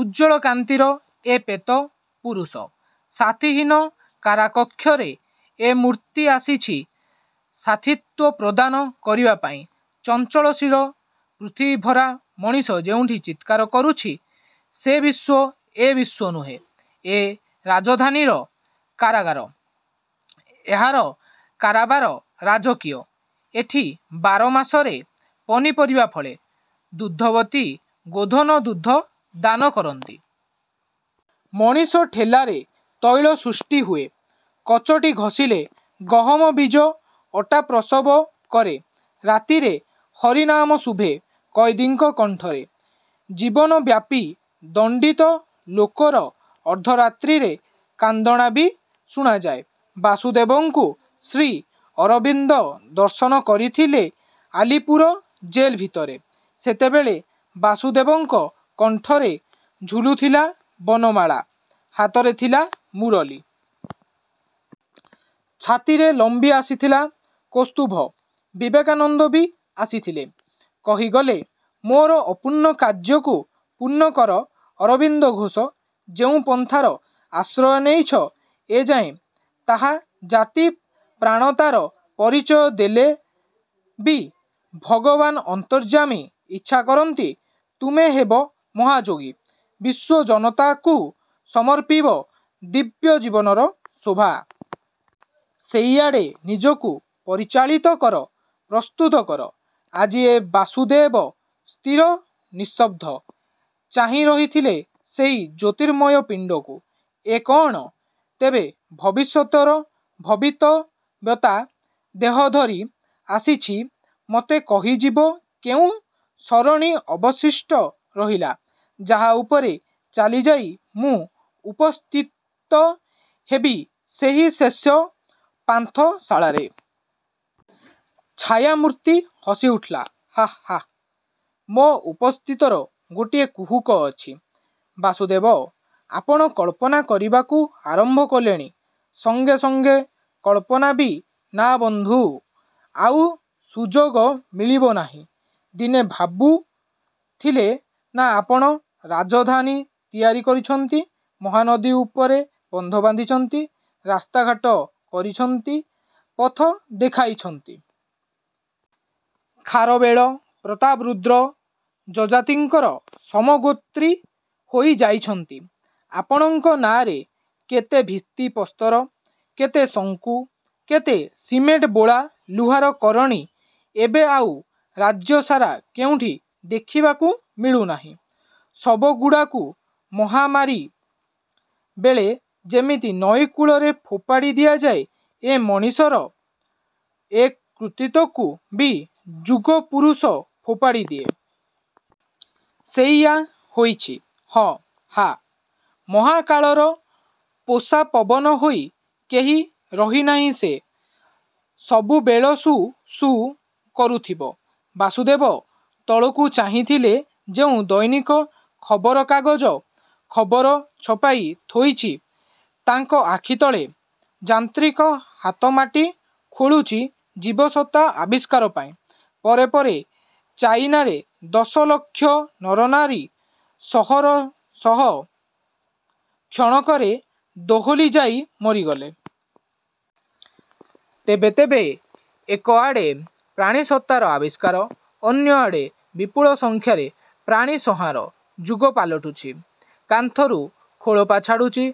ଉଜ୍ଜ୍ଵଳ କାନ୍ତିର ଏ ପ୍ରେତ ପୁରୁଷ। ସାଥୀହୀନ କାରାକକ୍ଷରେ ଏ ମୂର୍ତ୍ତି ଆସିଛି ସାଥୀତ୍ୱ ପ୍ରଦାନ କରିବାପାଇଁ। ଚଳନଶୀଳ ପୃଥିବୀଭରା ମଣିଷ ଯେଉଁଠି ଚିତ୍କାର କରୁଛି, ସେ ବିଶ୍ଵ ଏ ବିଶ୍ଵ ନୁହେଁ। ଏ ରାଜଧାନୀର କାରାଗାର। ଏହାର କାରବାର ରାଜକୀୟ। ଏଠି ବାରମାସରେ ପନିପରିବା ଫଳେ, ଦୁଗ୍ଧବତୀ ଗୋଧନ ଦୁଗ୍ଧ ଦାନ କରନ୍ତି। ମଣିଷ ଠେଲାରେ ତୈଳ ସୃଷ୍ଟି ହୁଏ। କଚଟି ଘଷିଲେ ଗହମବୀଜ ଅଟାପ୍ରସବ କରେ। ରାତ୍ରିରେ ହରିନାମ ଶୁଭେ କଏଦୀଙ୍କ କଣ୍ଠରେ; ଜୀବନବ୍ୟାପି ଦଣ୍ଡିତ ଲୋକର ଅର୍ଦ୍ଧରାତ୍ରିରେ କାନ୍ଦଣା ବି ଶୁଣାଯାଏ। ବାସୁଦେବଙ୍କୁ ଶ୍ରୀ ଅରବିନ୍ଦ ଦର୍ଶନ କରିଥିଲେ ଆଲିପୁର ଜେଲଭିତରେ। ସେତେବେଳେ ବାସୁଦେବଙ୍କ କଣ୍ଠରେ ଝୁଲୁଥିଲା ବନମାଳା, ହାତରେ ଥିଲା ମୁରଲୀ। ଛାତିରେ ଲମ୍ବି ଆସିଥିଲା କୌସ୍ତୁଭ। ବିବେକାନନ୍ଦ ବି ଆସିଥିଲେ, କହିଗଲେ-ମୋର ଅପୂର୍ଣ୍ଣ କାର୍ଯ୍ୟକୁ ପୂର୍ଣ୍ଣକର ଅରବିନ୍ଦ ଘୋଷ। ଯେଉଁ ପନ୍ଥାର ଆଶ୍ରୟ ନେଇଛ ଏ ଯାଏ, ତାହା ଜାତିପ୍ରାଣତାର ପରିଚୟ ଦେଲେ ବି ଭଗବାନ ଅନ୍ତର୍ଯ୍ୟାମୀ ଇଚ୍ଛା କରନ୍ତି ତୁମେ ହେବ ମହାଯୋଗୀ, ବିଶ୍ଵଜନତାକୁ ସମର୍ପିବ ଦିବ୍ୟଜୀବନର ଶୋଭା। ସେଇଆଡ଼େ ନିଜକୁ ପରିଚାଳିତ କର, ପ୍ରସ୍ତୁତ କର। ଆଜି ଏ ବାସୁଦେବ ସ୍ଥିର, ନିଷ୍ପନ୍ଦ। ଚାହିଁ ରହିଥିଲେ ସେହି ଜ୍ୟୋତିର୍ମୟ ପିଣ୍ଡକୁ.. ଏ କଅଣ ତେବେ ଭବିଷ୍ୟତର ଭବିତବ୍ୟତା, ଦେହ ଧରି ଆସିଛି ମତେ କହିଯିବ କେଉଁ ସରଣୀ ଅବଶିଷ୍ଟ ରହିଲା, ଯାହା ଉପରେ ଚାଲିଯାଇ ମୁଁ ଉପସ୍ଥିତ ହେବି ସେହି ଶେଷ ପାନ୍ଥଶାଳାରେ? ଛାୟାମୂର୍ତ୍ତି ହସିଉଠିଲା– ହାଃ… ହାଃ… ମୋ ଉପସ୍ଥିତର ଗୋଟାଏ କୁହୁକ ଅଛି, ବାସୁଦେବ! ଆପଣ କଳ୍ପନା କରିବାକୁ ଆରମ୍ଭ କଲେଣି, ସଙ୍ଗେ ସଙ୍ଗେ ପରିକଳ୍ପନା ବି! ନା ବନ୍ଧୁ, ଆଉ ସୁଯୋଗ ମିଳିବ ନାହିଁ। ଦିନେ ଭାବୁଥିଲେ ନା ଆପଣ ରାଜଧାନୀ ତିଆରି କରିଛନ୍ତି? ମହାନଦୀ ଉପରେ ବନ୍ଧ ବାନ୍ଧିଛନ୍ତି, ରାସ୍ତା ଘାଟ କରିଛନ୍ତି, ପଥ ଦେଖାଇଛନ୍ତି? ଖାରବେଳ, ପ୍ରତାପରୁଦ୍ର, ଯଯାତିଙ୍କର ସମଗୋତ୍ରୀ ହୋଇଯାଇଛନ୍ତି? ଆପଣଙ୍କ ନାଁରେ କେତେ ଭିତ୍ତିପ୍ରସ୍ତର, କେତେ ଶଙ୍କୁ, କେତେ ସିମେଣ୍ଟବୋଳା ଲୁହାର କରଣୀ ଏବେ ଆଉ ରାଜ୍ୟସାରା କେଉଁଠି ଦେଖିବାକୁ ମିଳୁନାହିଁ। ଶବ ଗୁଡ଼ାକୁ ମହାମାରି ବେଳେ ଯିମିତି ନଈ କୂଳରେ ଫୋପାଡ଼ି ଦିଆଯାଏ, ମଣିଷର ଏ କୃତିତ୍ଵକୁ ବି ଯୁଗପୁରୁଷ ଫୋପାଡ଼ିଦିଏ। ସେଇଆ ହୋଇଛି–ହଃ… ହାଃ… ମହାକାଳର ପୋଷା ପବନ ହୋଇ କେହି ରହିନାହିଁ ସେ ସବୁବେଳେସୁ… ସୁ…. କରୁଥିବ-। ବାସୁଦେବ ତଳକୁ ଚାହିଁଥିଲେ ଯେଉଁ ଦୈନିକ ଖବରକାଗଜ ଖବର ଛପାଇ ଥୋଇଛି ତାଙ୍କ ଆଖି ତଳେ.. ଯାନ୍ତ୍ରିକ ହାତ ମାଟି ଖୋଳୁଛି ଜୀବସତ୍ତା ଆବିଷ୍କାର ପାଇଁ। ପରେ ପରେ ଚାଇନାରେ ଦଶ ଲକ୍ଷ ନରନାରୀ ସହରସହ କ୍ଷଣକରେ ଦୋହଲିଯାଇ ମରିଗଲେ। ତେବେ… ତେବେ… ଏକ ଆଡ଼େ ପ୍ରାଣୀସତ୍ତାର ଆବିଷ୍କାର, ଅନ୍ୟଆଡ଼େ ବିପୁଳ ସଂଖ୍ୟାରେ ପ୍ରାଣୀ ସଂହାର, ଯୁଗ ପାଲଟୁଛି। କାନ୍ଥରୁ ଖୋଳପା ଛାଡ଼ୁଛି।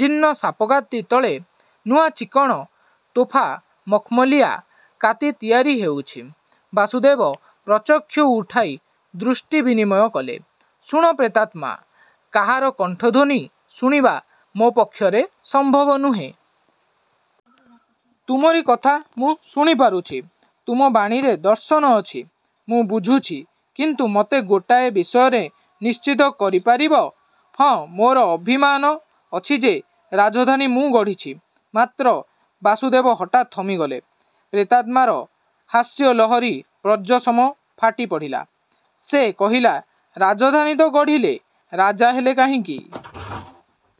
ଜୀର୍ଣ୍ଣ ସାପକାତି ତଳେ ନୂଆ ଚିକ୍କଣ ତୋଫା ମଖମଲିଆ କାତି ତିଆରି ହେଉଛି। ବାସୁଦେବ ପ୍ରଚକ୍ଷୁ ଉଠାଇ ଦୃଷ୍ଟି ବିନିମୟ କଲେ। "-ଶୁଣ ପ୍ରେତାତ୍ମା, କାହାର କଣ୍ଠଧ୍ଵନି ଶୁଣିବା ମୋ ପକ୍ଷରେ ସମ୍ଭବ ନୁହେଁ। ତୁମରି କଥା ମୁଁ ଶୁଣିପାରୁଛି। ତୁମ ବାଣୀରେ ଦର୍ଶନ ଅଛି। ମୁଁ ବୁଝୁଛି–କିନ୍ତୁ ମତେ ଗୋଟିଏ ବିଷୟରେ ନିଶ୍ଚିନ୍ତ କରିପାରିବ? ହଁ, ମୋର ଅଭିମାନ ଅଛି ଯେ ରାଜଧାନୀ ମୁଁ ଗଢ଼ିଛି, ମାତ୍ର… " ବାସୁଦେବ ହଠାତ୍ ଥମିଗଲେ, ପ୍ରେତାତ୍ମାର ହାସ୍ୟ ଲହରୀ ବଜ୍ରସମ ଫାଟିପଡ଼ିଲା। ସେ କହିଲା–ରାଜଧାନୀ ତ ଗଢ଼ିଲେ, ରାଜା ହେଲେ କାହିଁକି?